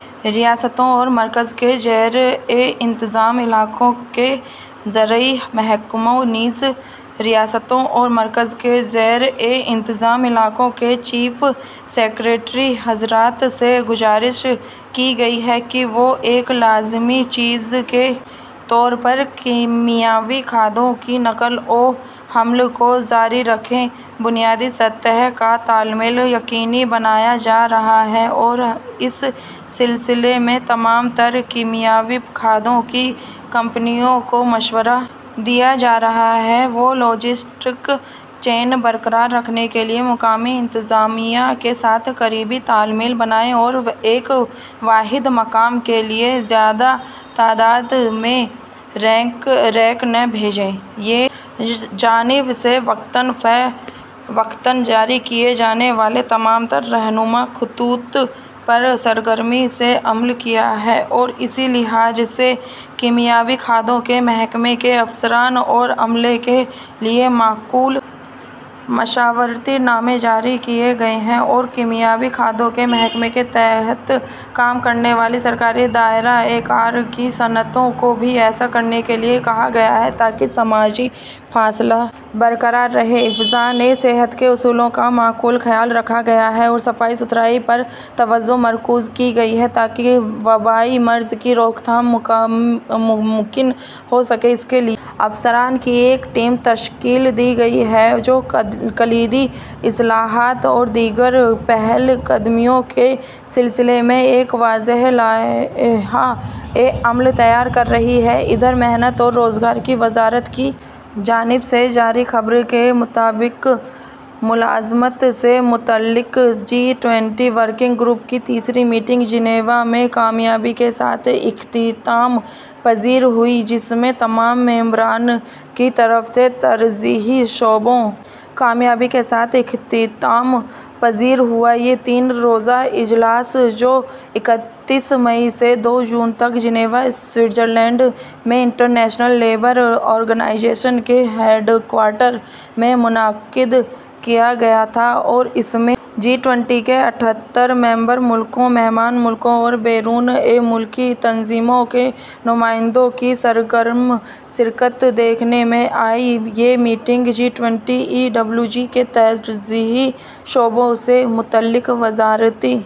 ریاستوں اور مرکز کے زیر انتظام علاقوں کے زرعی محکموں نیز ریاستوں اور مرکز کے زیر انتظام علاقوں کے چیف سکریٹری حضرات سے گزارش کی گئی ہے کہ وہ ایک لازمی چیز کے طور پر کیمیاوی کھادوں کی نقل و حمل کو جاری رکھیں بنیادی سطح کا تال میل یقینی بنایا جا رہا ہے اور اس سلسلے میں تمام تر کیمیاوی کھادوں کی کمپنیوں کو مشورہ دیا جا رہا ہے کہ وہ لاجسٹک چین برقرار رکھنے کے لیے مقامی انتظامیہ کے ساتھ قریبی تال میل بنائیں اور ایک واحد مقام کے لیے زیادہ تعداد میں ریک نہ بھیجیں یہ جانب سے وقتاً فوقتاً جاری کیے جانے والے تمام تر رہنما خطوط پر سرگرمی سے عمل کیا ہے اور اسی لحاظ سے کیمیاوی کھادوں کے محکمے کے افسران اور عملے کے لیے معقول مشاورت نامے جاری کیے گئے ہیں اور کیمیاوی کھادوں کے محکمے کے تحت کام کرنے والی سرکاری دائرہ کار کی صنعتوں کو بھی ایسا کرنے کے لیے کہا گیا ہے تاکہ سماجی فاصلہ برقرار رہے حفظان صحت کے اصولوں کا معقول خیال رکھا گیا ہے اور صفائی ستھرائی پر توجہ مرکوز کی گئی ہے تاکہ وبائی مرض کی روک تھام ممکن ہو سکے اس کے لیے افسران کی ایک ٹیم تشکیل دی گئی ہے جو کلیدی اصلاحات اور دیگر پہل قدمیوں کے سلسلے میں ایک واضح لائحہ عمل تیار کر رہی ہے ادھر محنت اور روزگار کی وزارت کی جانب سے جاری خبر کے مطابق ملازمت سے متعلق جی ٹوئنٹی ورکنگ گروپ کی تیسری میٹنگ جنیوا میں کامیابی کے ساتھ اختتام پذیر ہوئی جس میں تمام ممبران کی طرف سے ترجیحی شعبوں کامیابی کے ساتھ اختتام پذیر ہوا یہ تین روزہ اجلاس جو اکتیس مئی سے دو جون تک جنیوا سوئٹزرلینڈ میں انٹرنیشنل لیبر آرگنائزیشن کے ہیڈکوارٹر میں منعقد کیا گیا تھا اور اس میں جی ٹوئنٹی کے اٹھتر ممبر ملکوں مہمان ممالک اور بین الاقوامی تنظیموں کے نمائندوں کی سرگرم شرکت دیکھنے میں آئی یہ meeting G twenty E W G کے ترجیحی شعبوں سے متعلق وزارتی